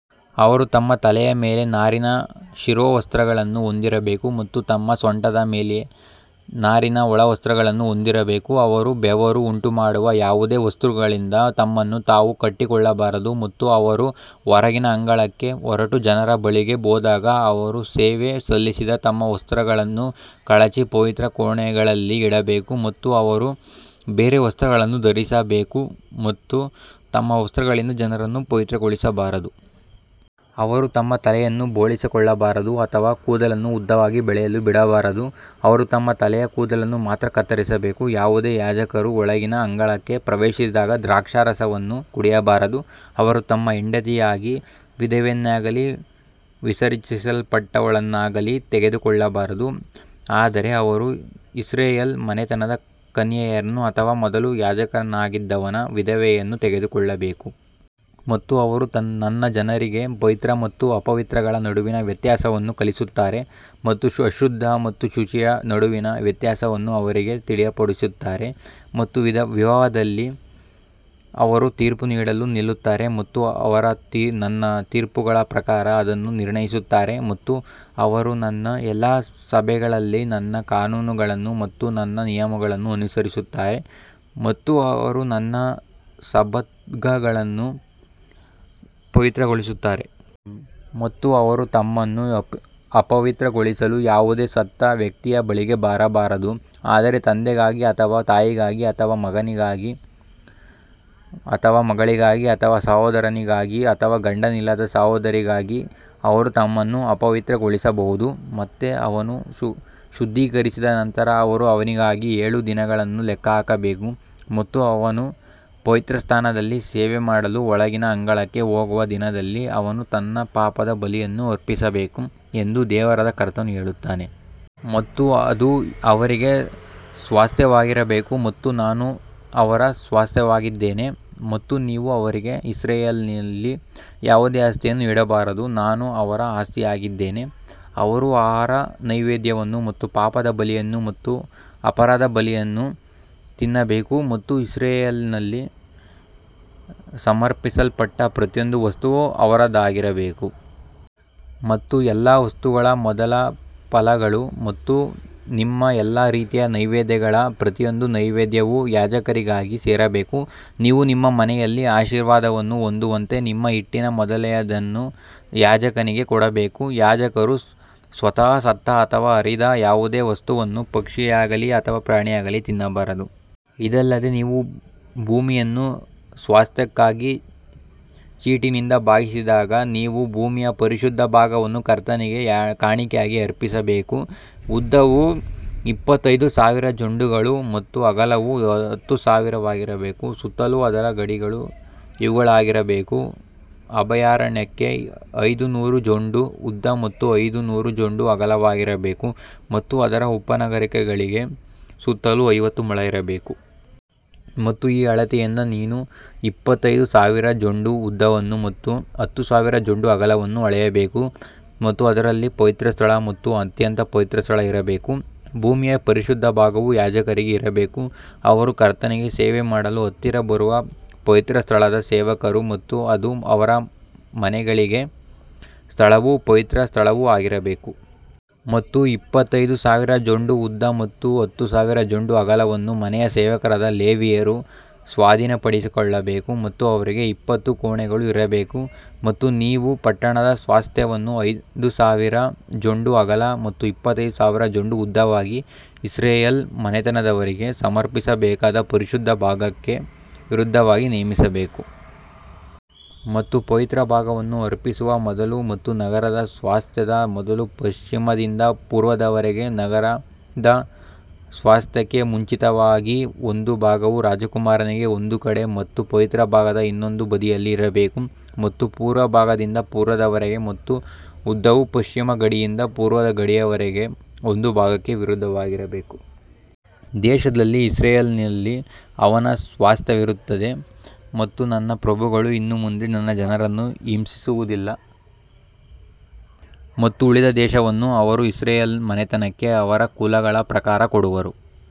ಅವರು ತಮ್ಮ ತಲೆಯ ಮೇಲೆ ನಾರಿನ ಶಿರೋವಸ್ತ್ರಗಳನ್ನು ಹೊಂದಿರಬೇಕು ಮತ್ತು ತಮ್ಮ ಸೊಂಟದ ಮೇಲೆ ನಾರಿನ ಒಳವಸ್ತ್ರಗಳನ್ನು ಹೊಂದಿರಬೇಕು. ಅವರು ಬೆವರು ಉಂಟುಮಾಡುವ ಯಾವುದೇ ವಸ್ತುಗಳಿಂದ ತಮ್ಮನ್ನು ತಾವು ಕಟ್ಟಿಕೊಳ್ಳಬಾರದು. ಮತ್ತು ಅವರು ಹೊರಗಿನ ಅಂಗಳಕ್ಕೆ ಹೊರಟು ಜನರ ಬಳಿಗೆ ಹೋದಾಗ ಅವರು ಸೇವೆ ಸಲ್ಲಿಸಿದ ತಮ್ಮ ವಸ್ತ್ರಗಳನ್ನು ಕಳಚಿ ಪವಿತ್ರ ಕೋಣೆಗಳಲ್ಲಿ ಇಡಬೇಕು ಮತ್ತು ಅವರು ಬೇರೆ ವಸ್ತ್ರಗಳನ್ನು ಧರಿಸಬೇಕು ಮತ್ತು ತಮ್ಮ ವಸ್ತ್ರಗಳಿಂದ ಜನರನ್ನು ಪವಿತ್ರಗೊಳಿಸಬಾರದು. ಅವರು ತಮ್ಮ ತಲೆಯನ್ನು ಬೋಳಿಸಿಕೊಳ್ಳಬಾರದು ಅಥವಾ ಕೂದಲನ್ನು ಉದ್ದವಾಗಿ ಬೆಳೆಯಲು ಬಿಡಬಾರದು, ಅವರು ತಮ್ಮ ತಲೆಯ ಕೂದಲನ್ನು ಮಾತ್ರ ಕತ್ತರಿಸಬೇಕು. ಯಾವುದೇ ಯಾಜಕರು ಒಳಗಿನ ಅಂಗಳಕ್ಕೆ ಪ್ರವೇಶಿಸಿದಾಗ ದ್ರಾಕ್ಷಾರಸವನ್ನು ಕುಡಿಯಬಾರದು. ಅವರು ತಮ್ಮ ಹೆಂಡತಿಯಾಗಿ ವಿಧವೆಯನ್ನಾಗಲಿ ವಿಸರ್ಜಿಸಲ್ಪಟ್ಟವಳನ್ನಾಗಲಿ ತೆಗೆದುಕೊಳ್ಳಬಾರದು, ಆದರೆ ಅವರು ಇಸ್ರಾಯೇಲ್ ಮನೆತನದ ಕನ್ಯೆಯರನ್ನು ಅಥವಾ ಮೊದಲು ಯಾಜಕನಾಗಿದ್ದವನ ವಿಧವೆಯನ್ನು ತೆಗೆದುಕೊಳ್ಳಬೇಕು. ಮತ್ತು ಅವರು ನನ್ನ ಜನರಿಗೆ ಪವಿತ್ರ ಮತ್ತು ಅಪವಿತ್ರಗಳ ನಡುವಿನ ವ್ಯತ್ಯಾಸವನ್ನು ಕಲಿಸುತ್ತಾರೆ ಮತ್ತು ಅಶುದ್ಧ ಮತ್ತು ಶುಚಿಯ ನಡುವಿನ ವ್ಯತ್ಯಾಸವನ್ನು ಅವರಿಗೆ ತಿಳಿಯಪಡಿಸುತ್ತಾರೆ. ಮತ್ತು ವಿವಾದದಲ್ಲಿ ಅವರು ತೀರ್ಪು ನೀಡಲು ನಿಲ್ಲುತ್ತಾರೆ ಮತ್ತು ಅವರು ನನ್ನ ತೀರ್ಪುಗಳ ಪ್ರಕಾರ ಅದನ್ನು ನಿರ್ಣಯಿಸುತ್ತಾರೆ ಮತ್ತು ಅವರು ನನ್ನ ಎಲ್ಲಾ ಸಭೆಗಳಲ್ಲಿ ನನ್ನ ಕಾನೂನುಗಳನ್ನು ಮತ್ತು ನನ್ನ ನಿಯಮಗಳನ್ನು ಅನುಸರಿಸುತ್ತಾರೆ ಮತ್ತು ಅವರು ನನ್ನ ಸಬ್ಬತ್ಗಳನ್ನು ಪವಿತ್ರಗೊಳಿಸುತ್ತಾರೆ. ಮತ್ತು ಅವರು ತಮ್ಮನ್ನು ಅಪವಿತ್ರಗೊಳಿಸಲು ಯಾವುದೇ ಸತ್ತ ವ್ಯಕ್ತಿಯ ಬಳಿಗೆ ಬರಬಾರದು, ಆದರೆ ತಂದೆಗಾಗಿ ಅಥವಾ ತಾಯಿಗಾಗಿ ಅಥವಾ ಮಗನಿಗಾಗಿ ಅಥವಾ ಮಗಳಿಗಾಗಿ ಅಥವಾ ಸಹೋದರನಿಗಾಗಿ ಅಥವಾ ಗಂಡನಿಲ್ಲದ ಸಹೋದರಿಗಾಗಿ ಅವರು ತಮ್ಮನ್ನು ಅಪವಿತ್ರಗೊಳಿಸಬಹುದು. ಮತ್ತು ಅವನು ಶುದ್ಧೀಕರಿಸಿದ ನಂತರ ಅವರು ಅವನಿಗಾಗಿ ಏಳು ದಿನಗಳನ್ನು ಲೆಕ್ಕಹಾಕಬೇಕು ಮತ್ತು ಅವನು ಪವಿತ್ರಸ್ಥಾನದಲ್ಲಿ ಸೇವೆಮಾಡಲು ಒಳಗಿನ ಅಂಗಳಕ್ಕೆ ಹೋಗುವ ದಿನದಲ್ಲಿ ಅವನು ತನ್ನ ಪಾಪದ ಬಲಿಯನ್ನು ಅರ್ಪಿಸಬೇಕು ಎಂದು ದೇವರಾದ ಕರ್ತನು ಹೇಳುತ್ತಾನೆ. ಮತ್ತು ಅದು ಅವರಿಗೆ ಸ್ವಾಸ್ತ್ಯವಾಗಿರಬೇಕು ಮತ್ತು ನಾನು ಅವರ ಸ್ವಾಸ್ತ್ಯವಾಗಿದ್ದೇನೆ ಮತ್ತು ನೀವು ಅವರಿಗೆ ಇಸ್ರಾಯೇಲಿನಲ್ಲಿ ಯಾವುದೇ ಆಸ್ತಿಯನ್ನು ನೀಡಬಾರದು, ನಾನು ಅವರ ಆಸ್ತಿಯಾಗಿದ್ದೇನೆ. ಅವರು ಆಹಾರ ನೈವೇದ್ಯವನ್ನು ಮತ್ತು ಪಾಪದ ಬಲಿಯನ್ನು ಮತ್ತು ಅಪರಾಧದ ಬಲಿಯನ್ನು ತಿನ್ನಬೇಕು ಮತ್ತು ಇಸ್ರಾಯೇಲಿನಲ್ಲಿ ಸಮರ್ಪಿಸಲ್ಪಟ್ಟ ಪ್ರತಿಯೊಂದು ವಸ್ತುವೂ ಅವರದಾಗಿರಬೇಕು. ಮತ್ತು ಎಲ್ಲಾ ವಸ್ತುಗಳ ಮೊದಲ ಫಲಗಳು ಮತ್ತು ನಿಮ್ಮ ಎಲ್ಲಾ ರೀತಿಯ ನೈವೇದ್ಯಗಳ ಪ್ರತಿಯೊಂದು ನೈವೇದ್ಯವೂ ಯಾಜಕರಿಗೆ ಸೇರಬೇಕು, ನೀವು ನಿಮ್ಮ ಮನೆಯಲ್ಲಿ ಆಶೀರ್ವಾದವನ್ನು ಹೊಂದುವಂತೆ ನಿಮ್ಮ ಹಿಟ್ಟಿನ ಮೊದಲನೆಯದನ್ನು ಯಾಜಕನಿಗೆ ಕೊಡಬೇಕು. ಯಾಜಕರು ಸ್ವತಃ ಸತ್ತ ಅಥವಾ ಹರಿದ ಯಾವುದೇ ವಸ್ತುವನ್ನು, ಪಕ್ಷಿಯಾಗಲಿ ಅಥವಾ ಪ್ರಾಣಿಯಾಗಲಿ, ತಿನ್ನಬಾರದು. ಇದಲ್ಲದೆ ನೀವು ಭೂಮಿಯನ್ನು ಸ್ವಾಸ್ತ್ಯಕ್ಕಾಗಿ ಚೀಟಿನಿಂದ ಭಾಗಿಸಿದಾಗ ನೀವು ಭೂಮಿಯ ಪರಿಶುದ್ಧ ಭಾಗವನ್ನು ಕರ್ತನಿಗೆ ಕಾಣಿಕೆಯಾಗಿ ಅರ್ಪಿಸಬೇಕು, ಉದ್ದವು ಇಪ್ಪತ್ತೈದು ಸಾವಿರ ಜೊಂಡುಗಳು ಮತ್ತು ಅಗಲವು ಹತ್ತು ಸಾವಿರವಾಗಿರಬೇಕು. ಸುತ್ತಲೂ ಅದರ ಗಡಿಗಳು ಇವುಗಳಾಗಿರಬೇಕು, ಅಭಯಾರಣ್ಯಕ್ಕೆ ಐದು ನೂರು ಜೊಂಡು ಉದ್ದ ಮತ್ತು ಐದು ನೂರು ಜೊಂಡು ಅಗಲವಾಗಿರಬೇಕು ಮತ್ತು ಅದರ ಉಪನಗರಗಳಿಗೆ ಸುತ್ತಲೂ ಐವತ್ತು ಮೊಳ ಇರಬೇಕು. ಮತ್ತು ಈ ಅಳತೆಯಿಂದ ನೀನು ಇಪ್ಪತ್ತೈದು ಸಾವಿರ ಜೊಂಡು ಉದ್ದವನ್ನು ಮತ್ತು ಹತ್ತು ಸಾವಿರ ಜೊಂಡು ಅಗಲವನ್ನು ಅಳೆಯಬೇಕು ಮತ್ತು ಅದರಲ್ಲಿ ಪವಿತ್ರಸ್ಥಳ ಮತ್ತು ಅತ್ಯಂತ ಪವಿತ್ರ ಸ್ಥಳ ಇರಬೇಕು. ಭೂಮಿಯ ಪರಿಶುದ್ಧ ಭಾಗವು ಯಾಜಕರಿಗೆ ಇರಬೇಕು, ಅವರು ಕರ್ತನಿಗೆ ಸೇವೆ ಮಾಡಲು ಹತ್ತಿರ ಬರುವ ಪವಿತ್ರಸ್ಥಳದ ಸೇವಕರು ಮತ್ತು ಅದು ಅವರ ಮನೆಗಳಿಗೆ ಸ್ಥಳವೂ ಪವಿತ್ರ ಸ್ಥಳವೂ ಆಗಿರಬೇಕು. ಮತ್ತು ಇಪ್ಪತ್ತೈದು ಸಾವಿರ ಜೊಂಡು ಉದ್ದ ಮತ್ತು ಹತ್ತು ಸಾವಿರ ಜೊಂಡು ಅಗಲವನ್ನು ಮನೆಯ ಸೇವಕರಾದ ಲೇವಿಯರು ಸ್ವಾಧೀನಪಡಿಸಿಕೊಳ್ಳಬೇಕು ಮತ್ತು ಅವರಿಗೆ ಇಪ್ಪತ್ತು ಕೋಣೆಗಳು ಇರಬೇಕು. ಮತ್ತು ನೀವು ಪಟ್ಟಣದ ಸ್ವಾಸ್ತ್ಯವನ್ನು ಐದು ಸಾವಿರ ಜೊಂಡು ಅಗಲ ಮತ್ತು ಇಪ್ಪತ್ತೈದು ಸಾವಿರ ಜೊಂಡು ಉದ್ದವಾಗಿ, ಇಸ್ರಾಯೇಲ್ ಮನೆತನದವರಿಗೆ ಸಮರ್ಪಿಸಬೇಕಾದ ಪರಿಶುದ್ಧ ಭಾಗಕ್ಕೆ ವಿರುದ್ಧವಾಗಿ ನೇಮಿಸಬೇಕು. ಮತ್ತು ಪವಿತ್ರ ಭಾಗವನ್ನು ಅರ್ಪಿಸುವ ಮೊದಲು ಮತ್ತು ನಗರದ ಸ್ವಾಸ್ತ್ಯದ ಮೊದಲು, ಪಶ್ಚಿಮದಿಂದ ಪೂರ್ವದವರೆಗೆ ನಗರದ ಸ್ವಾಸ್ತ್ಯಕ್ಕೆ ಮುಂಚಿತವಾಗಿ ಒಂದು ಭಾಗವು ರಾಜಕುಮಾರನಿಗೆ ಒಂದು ಕಡೆ ಮತ್ತು ಪವಿತ್ರ ಭಾಗದ ಇನ್ನೊಂದು ಬದಿಯಲ್ಲಿ ಇರಬೇಕು. ಮತ್ತು ಪೂರ್ವ ಭಾಗದಿಂದ ಪೂರ್ವದವರೆಗೆ ಮತ್ತು ಉದ್ದವು ಪಶ್ಚಿಮ ಗಡಿಯಿಂದ ಪೂರ್ವದ ಗಡಿಯವರೆಗೆ ಒಂದು ಭಾಗಕ್ಕೆ ವಿರುದ್ಧವಾಗಿರಬೇಕು. ದೇಶದಲ್ಲಿ ಇಸ್ರಾಯೇಲಿನಲ್ಲಿ ಅವನ ಸ್ವಾಸ್ತ್ಯವಿರುತ್ತದೆ ಮತ್ತು ನನ್ನ ಪ್ರಭುಗಳು ಇನ್ನು ಮುಂದೆ ನನ್ನ ಜನರನ್ನು ಹಿಂಸಿಸುವುದಿಲ್ಲ ಮತ್ತು ಉಳಿದ ದೇಶವನ್ನು ಅವರು ಇಸ್ರಾಯೇಲ್ ಮನೆತನಕ್ಕೆ ಅವರ ಕುಲಗಳ ಪ್ರಕಾರ ಕೊಡುವರು.